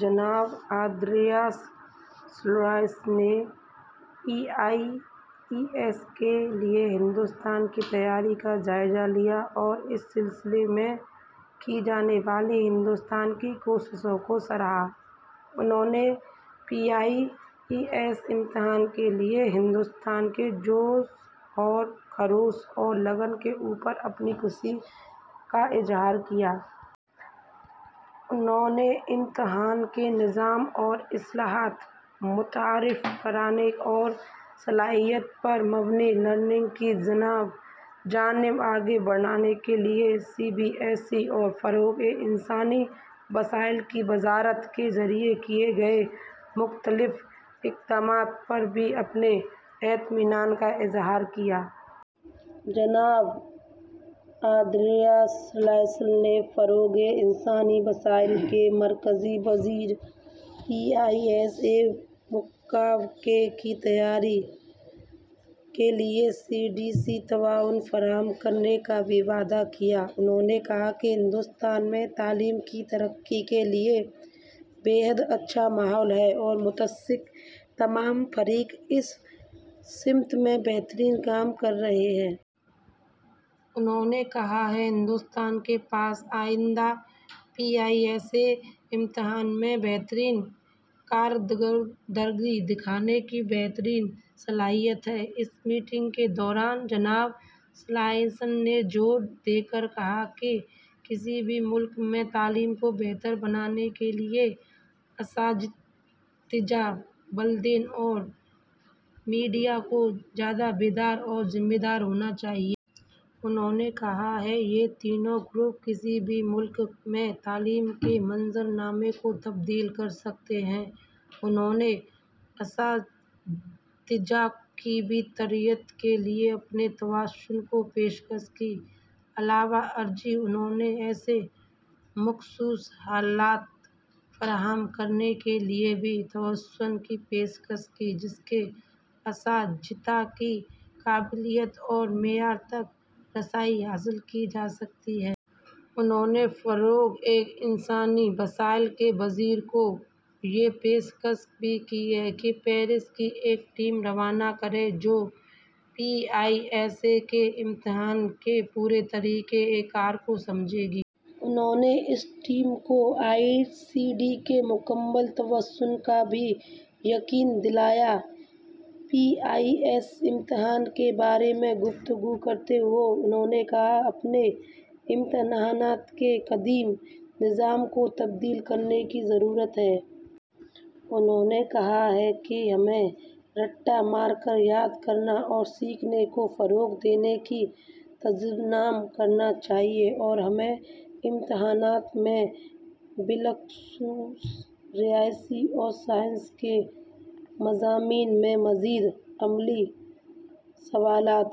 جناب Andreas Schleicher نے P I S A کے لیے ہندوستان کی تیاریوں کا جائزہ لیا اور اس سلسلے میں کی جانے والی ہندوستان کی کوششوں کو سراہا۔ انہوں نے پی آئی ایس اے امتحان کے لیے ہندوستان کے جوش و خروش اور لگن کے اوپر اپنی خوشی کا اظہار کیا۔ انہوں نے امتحان کے نظام میں اصلاحات متعارف کرانے اور صلاحیت پر مبنی لرننگ کی جانب آگے بڑھنے کے لیے سی بی ایس ای اور فروغ انسانی وسائل کی وزارت کے ذریعے کیے گئے مختلف اقدامات پر بھی اپنے اطمینان کا اظہار کیا۔ جناب آندریاس شلیچر نے فروغ انسانی وسائل کے مرکزی وزیر سے پی آئی ایس اے مسابقے کی تیاریوں کے لیے ای سی سی ڈی تعاون فراہم کرنے کا بھی وعدہ کیا۔ انہوں نے کہا کہ ہندوستان میں تعلیم کی ترقی کے لیے بے حد اچھا ماحول ہے اور متعلقہ تمام فریق اس سمت میں بہترین کام کر رہے ہیں۔ انہوں نے کہا کہ ہندوستان کے پاس آئندہ پی آئی ایس اے امتحان میں بہترین کارکردگی دکھانے کی بہترین صلاحیت ہے۔ اس میٹنگ کے دوران جناب شلیچر نے زور دے کر کہا کہ کسی بھی ملک میں تعلیم کو بہتر بنانے کے لیے اساتذہ، والدین اور میڈیا کو زیادہ بیدار اور ذمہ دار ہونا چاہیے۔ انہوں نے کہا کہ یہ تینوں گروپ کسی بھی ملک میں تعلیم کے منظرنامے کو تبدیل کر سکتے ہیں۔ انہوں نے اساتذہ کی تربیت کے لیے اپنے تعاون کی پیشکش کی۔ علاوہ ازیں، انہوں نے ایسے مخصوص آلات فراہم کرنے کے لیے بھی تعاون کی پیشکش کی، جن سے اساتذہ کی قابلیت اور معیار تک رسائی حاصل کی جا سکتی ہے۔ انہوں نے فروغ انسانی وسائل کے وزیر کو یہ پیشکش بھی کی کہ وہ پیرس ایک ٹیم روانہ کریں، جو پی آئی ایس اے کے امتحان کے پورے طریقہ کار کو سمجھے گی۔ انہوں نے اس ٹیم کو او ای سی ڈی کے مکمل تعاون کا بھی یقین دلایا۔ پی آئی ایس اے امتحان کے بارے میں گفتگو کرتے ہوئے انہوں نے کہا کہ ہمیں اپنے امتحانات کے قدیم نظام کو تبدیل کرنے کی ضرورت ہے۔ انہوں نے کہا کہ ہمیں رٹّا مار کر یاد کرنے اور سیکھنے کو فروغ دینے سے اجتناب کرنا چاہیے اور ہمیں امتحانات میں بالخصوص ریاضی اور سائنس کے مضامین میں مزید عملی سوالات...